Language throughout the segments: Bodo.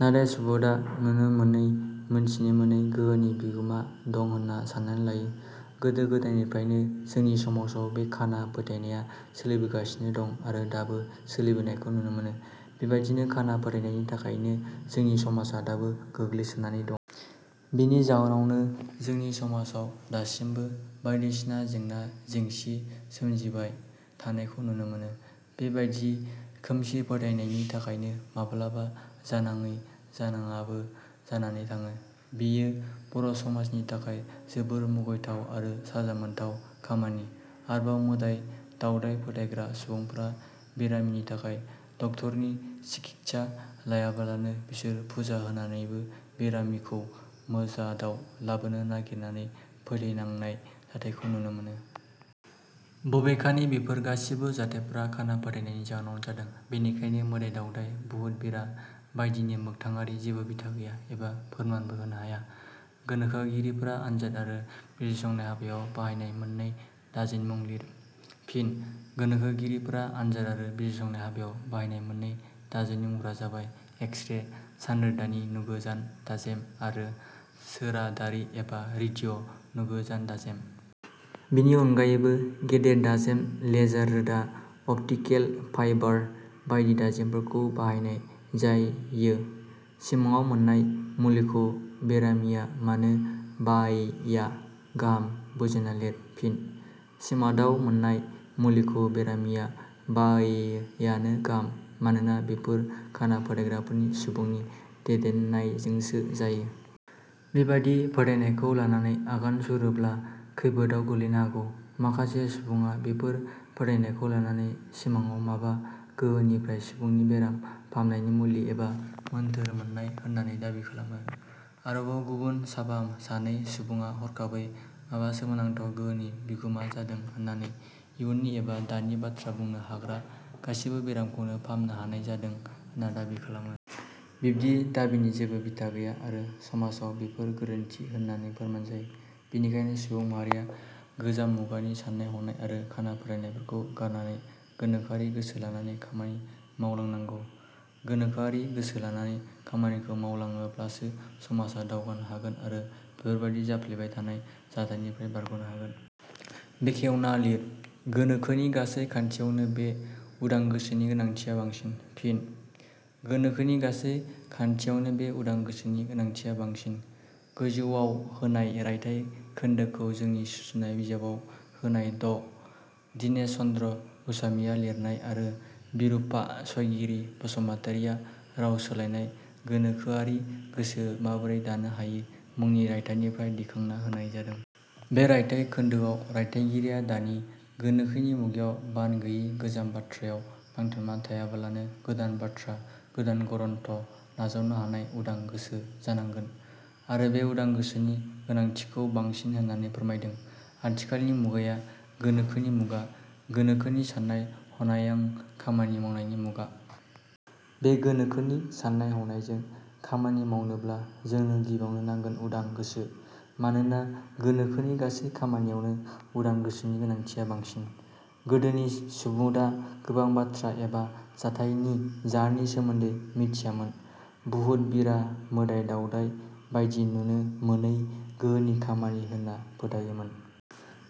नाथाय सुबुडा नुनो मोनै, मिथिमोनै गोहोनि बिगुमा दं होनना साननानै लायो। गोदो गोदायनिफ्रायनो जोंनि समाजाव बे खाना फोथायनाया सोलिबोगासिनो दं आरो दाबो सोलिनायखौ नुनो मोनो। बेबादि खाना फोथायनायनि थाखायनो जोंनि समाजा दाबो गोग्लैसोनानै दं। बेनि जाउनावनो जोंनि समाजाव दासिमबो बायदिसिना जेंना जेंंसि सोमजिबाय थानायखौबो नुनो मोनो। बेबादि खोमसि फोथायनायनायनि थाखायनो माब्लाबा जानाङै जानायाबो जानानै थाङो। बेयो बर' समाजनि थाखाय जोबोर मुगैथाव आरो साजा मोनथाव खामानि। आरोबाव मोदाइ दावदाइ फोथायग्रा सुबुंफोरा बेरामिनि थाखाय डाक्टरनि सिकित्सा लायाबालानो बिसोरो फुजा होनानैनो बेरामिखौ मोजाडाव लाबोनो नायगिरनानै फोथैनांनाय जाथाइखौबो नुनो मोनो। बबेखानि बेफोर गासैबो जाथाइफोरा खाना फोथायनायनि जोहानावनो जादों। बेनिखायनो मोदाइ-दावदाय, बुहुत-बिरा बायदिनि मोखथाङारि जेबो बिथा गैया एबा फोरमानबो होनो हाया।. गोनोखोगिरिफोरा आनजाद आरो बिजिरसंनाय हाबायाव बाहायनाय मोननै दाजेमनि मुं लिर। फिन: गोनोखोगिरिफोरा आनजाद आरो बिजिरसंनाय हाबायाव बाहायनाय मोननै दाजेमनि मुंफोरा जाबाय- एक्सरे सानरोदानि नुगोजान दाजेम आरो सोराडारि एबा रेडिअ' नुगोजान दाजेम। बेनि अननगायैबो गेदेर दाजेम, लेजार रोदा, अप्टिकेल फाइबार बायदि दाजेमफोरखौबो बाहायनाय जाययो।. 'सिमाङाव मोननाय मुलिखौ' बेरामिया मानो बाहायैया गाहाम बुजायना लिर। फिन: सिमाडाव मोननाय मुलिखौ बेरामिया बाहायैयानो गाहाम। मानोना बेफोर खाना फोथायग्राफोरनि सुबुंनि दैदेननायजोंसो जायो। बेबादि फोथायनायखौ लानानै आगान सुरोब्ला खैफोदाव गोग्लैनो हागौ। माखासे सुबुङा बेफोर फोथायनायखौ लानानै सिमाङाव माबा गोहोनिफ्राय सुबुंनि बेराम फाहामनायनि मुलि एबा मोनथोर मोननाय होननानै दाबि खालामो। आरोबाव गुबुन साफा सानै सुबुङा हरखाबै माबा सोमोनांथाव गोहोनि बिगुमा जादों होननानै इयुननि एबा दानि बाथ्रा बुनो हाग्रा, गासैबो बेरामखौनो फाहामनो हानाय जादों होनना दाबि खालामो। बिब्दि दाबिनि जेबो बिथा गैया आरो समाव बेफोर गोरोन्थि होननानै फोरमान जायो। बिनिखायनो सुबुं माहारिया गोजाम मुगानि साननाय हनाय आरो खाना फोथायनायखौ गारनानै गोनोखोआरि गोसो लानानै खामानि मावलांनांगौ। गोनोखोआरि गोसो लानानै खामानिखौ मावलाङोब्लासो समाजा दावगानो हागोन आरो बेफोरबादि जाफ्लेबाय थानाय जाथायनिफ्राय बारग'नो हागोन।. बेखेवना लिर: गोनोखोनि गासै खान्थियावनो बे उदां गोसोनि गोनांथिया बांसिन। फिन: "गोनोखोनि गासै खान्थियावनो बे उदां गोसोनि गोनांथिया बांसिन। " गोजौवाव होनाय रायथाइ खोनदोखौ जोंनि सुजुनाय बिजाबाव होनाय ड दीनेश चन्द्र ग'स्वामीआ लिरनाय आरो बिरुपाक्षगिरि बसुमतारीआ राव सोलायनाय "गोनोखोआरि गोसो माबोरै दानो हायो" मुंनि रायथाइनिफ्राय दैखांना होनाय जादों। बे रायथाइ खोनदोआव रायथाइगिरिया दानि गोनोखोनि मुगायाव बान गैयै गोजाम बाथ्रायाव नांथाबना थायाबालानो गोदान बाथ्रा, गोदान गरन्थ' नाजावनो हानाय उदां गोसो जानांगोन आरो बे उदां गोसोनि गोनांथिखौ बांसिन होननानै फोरमायदों। आथिखालनि मुगाया गोनोखोनि मुगा, गोनोखोनि साननाय-हनायों खामानि मावनायनि मुगा। बे गोनोखोनि साननाय-हनायजों खामानि मावनोब्ला जोंनो गिबियावनो नांगोन उदां गोसो। मानोना गोनोखोनि गासै खामानियावनो उदां गोसोनि गोनांथिया बांसिन। गोदोनि सुबुडा गोबां बाथ्रा एबा जाथाइनि जाहोननि सोमोन्दै मिथियामोन। बुहुत-बिरा, मोदाइ-दावदाइ बायदि नुनो मोनै गोहोनि खामानि होनना फोथायोमोन।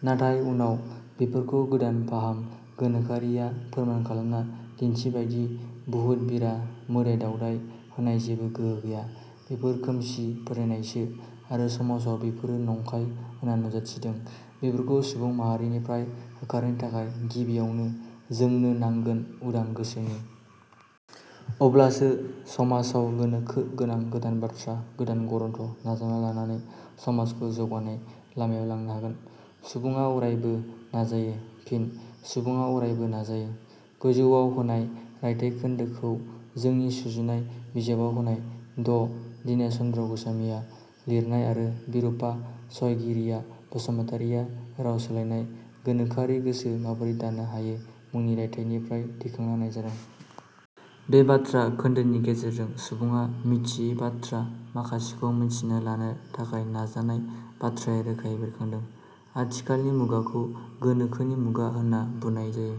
नाथाय उनाव बेफोरखौ गोदान फाहाम गोनोखोगिरिया फोरमान खालामना दिन्थिबायदि बहुत-बिरा, मोदाइ दावदाइ होननाय जेबो गोहो गैया। बेफोर खोमसि फोथायनायसो आरो समाव बेफोरो नंखाय होनना नुजाथिदों। बेफोरखौ सुबुं माहारिनिफ्राय होखारनो थाखाय गिबियावनो जोंनो नांगोन उदां गोसोनि। अब्लासो समाजाव गोनोखो गोनां गोदान बाथ्रा, गोदान गरन्थ' नाजावना लानानै समाजखौ जौगानाय लामायाव लांनो हागोन। सुबुङा आरायबो………….. नाजायो। फिन: "सुबुङा अरायबो…………… नाजायो। " गोजौवाव होनाय रायथाइ खोनदोखौ जोंनि सुजुनाय बिजाबाव होनाय ड दीनेश चन्द्र ग'स्वामीआ लिरनाय आरो बिरुपाक्षगिरि बसुमतारीआ राव सोलायनाय "गोनोखोआरि गोसो माबोरै दानो हायो" मुंनि रायथाइनिफ्राय दैखांना होनाय जादों। बे बाथ्रा खोन्दोनि गेजेरजों सुबुङा मिथियै बाथ्रा माखासेखौ मिथिना लानो थाखाय नाजानाय बाथ्राया रोखायै बेरखांदों। आथिखालनि मुगाखौ गोनोखोनि मुगा होनना बुनाय जायो।